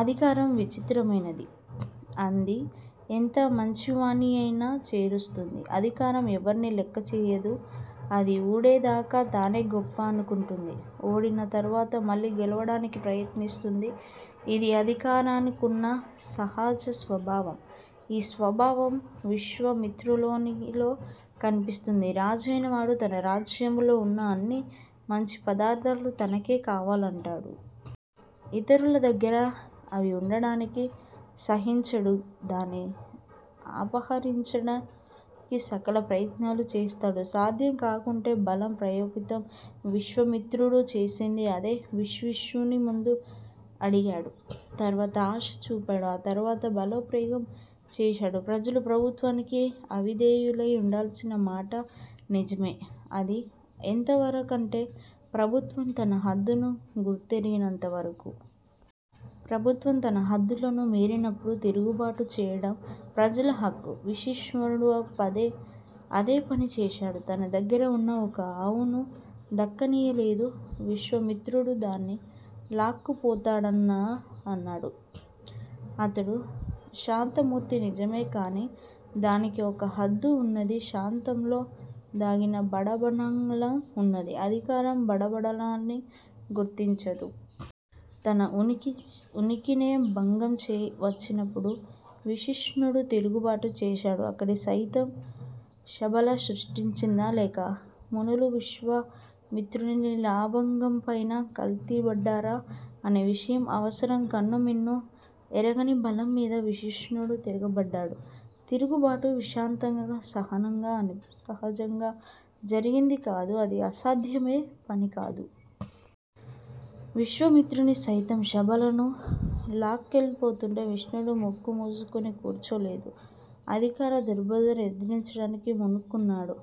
అధికారం విచిత్రమైంది. అది ఎంత మంచివాణ్ణయినా చెరుస్తుంది. అధికారం ఎవ్వరినీ లెక్కసేయదు. అది ఊడేదాగా తానే గొప్పనుకుంటుంది. ఓడింతర్వాత మళ్లీ గెలవటానికి ప్రయత్నిస్తుంది. ఇది అధికారానుకున్న సహజస్వభావం. ఈ స్వభావం విశ్వామిత్రునిలో కనిపిస్తుంది. రాజైనవాడు తన రాజ్యంలో వున్న అన్ని మంచి పదార్థాలు తనకే కావాలంటాడు. ఇతరుల దగ్గర అవి వుండటానికి సహించడు. దాన్ని హరించడానికి సకల ప్రయత్నాలు చేస్తాడు. సాధ్యంకాకుంటే బలం ప్రయోగిస్తాడు. విశ్వామిత్రుడు చేసింది అదే. వశిష్ఠుని ముందు అడిగాడు. తర్వాత ఆశ చూపాడు. ఆ తర్వాత బలప్రయోగం చేశాడు. ప్రజలు ప్రభుత్వానికి విధేయులై వుండాల్సినమాట నిజమే. అది ఎంతవరకంటే ప్రభుత్వం తన హద్దును గుర్తెరిగినంతవరకు. ప్రభుత్వం తన హద్దులను మీరినపుడు తిరుగుబాటు చేయడం ప్రజల హక్కు. వశిష్టుడు అదేపని చేశాడు. తన దగ్గర వున్న ఒక్క ఆవును దక్కనీయలేదు. విశ్వామిత్రుడు దాన్ని లాక్కుపోతానన్నాడు. అతడు శాంతమూర్తి నిజమే. కాని దానికి ఒక హద్దున్నది. శాంతలో దాగిన బడబానలం వున్నది. అధికారం బడబానలాన్ని గుర్తించదు. తన ఉనికినే భంగం వచ్చినప్పుడు వశిష్టుడు తిరుగుబాటు చేశాడు. అక్కడి సైన్యం శబల సృష్టించిందా? లేక మునులు విశ్వామిత్రుని బలగంపైన కలియబడ్డారా అనే విషయం అనవసరం, కన్ను మిన్ను ఎరగని బలంమీద వశిష్ఢుడు తిరగబడ్డాడు. తిరుగుబాటు శాంతంగా, సహనంగా, అహింసగా జరిగిందికాదు. అది సాధ్యమయ్యే పనికాదు. విశ్వామిత్రుని సైన్యం శబళను లాక్కుపోతుంటే వశిష్టుడు ముక్కు మూసుకొని కూర్చోలేదు. అధికార దర్పాన్ని ఎదిరించడానికి పూనుకున్నాడు.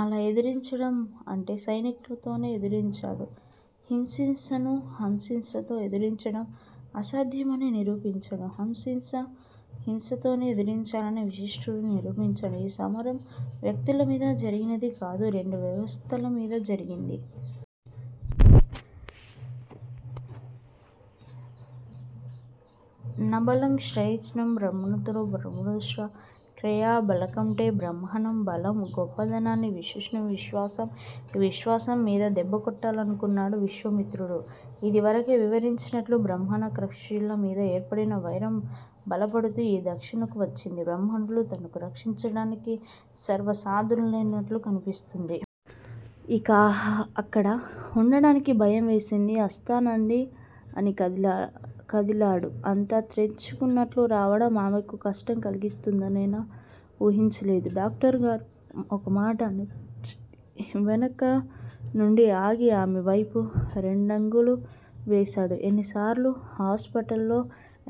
ఎలా ఎదిరించడం? అంటే సైనికులతోనే ఎదిరించాడు. హింసను అహింసతో ఎదిరించడం అసాధ్యమని నిరూపించాడు. హింసను హింసతోనే ఎదిరించాలని వశిష్టుడు నిరూపించాడు. ఈ సమరం వ్యక్తులమధ్య జరిగిందికాదు. రెండు వ్యవస్థలమధ్య జరిగింది. నబలం క్షత్రియస్య బ్రాహ్మణో బలవత్తరః క్షత్రియ బలంకంటే బ్రాహ్మణ బలం గొప్పదని వశిష్టుని విశ్వాసం. ఈ విశ్వాసం మీద దెబ్బకొట్టాలనుకున్నాడు విశ్వామిత్రుడు. ఇదివరకే వివరించినట్లు, బ్రాహ్మణ, క్షత్రియుల మధ్య ఏర్పడిన వైరం బలపడుతూ ఈ దశకు వచ్చింది. బ్రాహ్మణులు తమను రక్షించుకోవడానికి సర్వసన్నద్ధులై వున్నట్టు కనిపిస్తుంది. ఇహ అక్కడ వుండటానికి భయం వేసింది. వస్తానండి అని కదిలాను. అంత త్రెంచునున్నట్లు రావటం ఆమెకు కష్టం కలిగిస్తుందనైనా ఊహించలేను. డాక్టరుగారూ, ఒక్కమాట! అని పిలిచింది, వెనుకనుండి ఆగి, ఆమె వైపు రెండడుగులు వేశాను. ఇన్నిసార్లు హాస్పిటల్ లో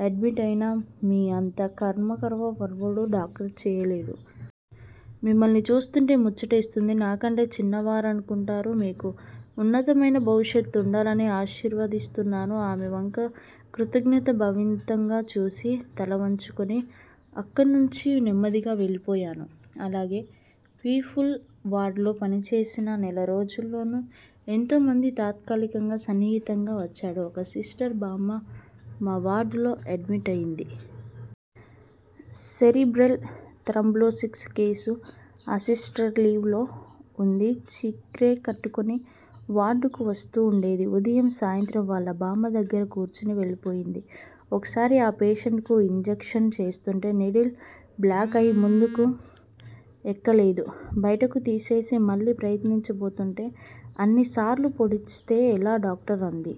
ఎడ్మిట్ అయినా మీ అంత కర్తవ్య పరాయణుడైన డాక్టర్ని చూడలేదు. మిమ్మల్ని చూస్తుంటే ముచ్చట వేస్తోంది నాకంటే చిన్నవారనుకుంటాను, మీకు వున్నతమైన భవిష్యత్తు వుండాలని ఆశీర్వదిస్తున్నాను. ఆమె వంక కృతజ్ఞతా భరితంగా చూసి, తల వంచుకుని అక్కణ్నుంచి నెమ్మదిగా వెళ్ళిపోయాను. అలాగే ఫిమేల్ వార్డులో పనిచేసిన నెలరోజుల్లోనూ ఎంతోమంది తాత్కాలికంగా సన్నిహితంగా వచ్చారు. ఒక సిస్టర్ బామ్మ మా వార్డులో ఎడ్మిట్ అయింది. Cerebral thrombosis case. ఆ సిస్టర్ లీవ్ లో వుంది. చీరె కట్టుకుని వార్డుకు వస్తూ వుండేది ఉదయం, సాయంత్రం వాళ్ళ బామ్మ దగ్గర కూర్చుని వెళ్ళిపోయింది. ఒకసారి ఆ పేషెంటుకు ఇంజక్షన్ చేస్తోంటే నీడిల్ బ్లాక్ అయి మందు ఎక్కలేదు బయటకు తీసేసి మళ్ళీ ప్రయత్నించబోతూంటే అన్నిసార్లు పొడిస్తే ఎలా డాక్టర్? అంది.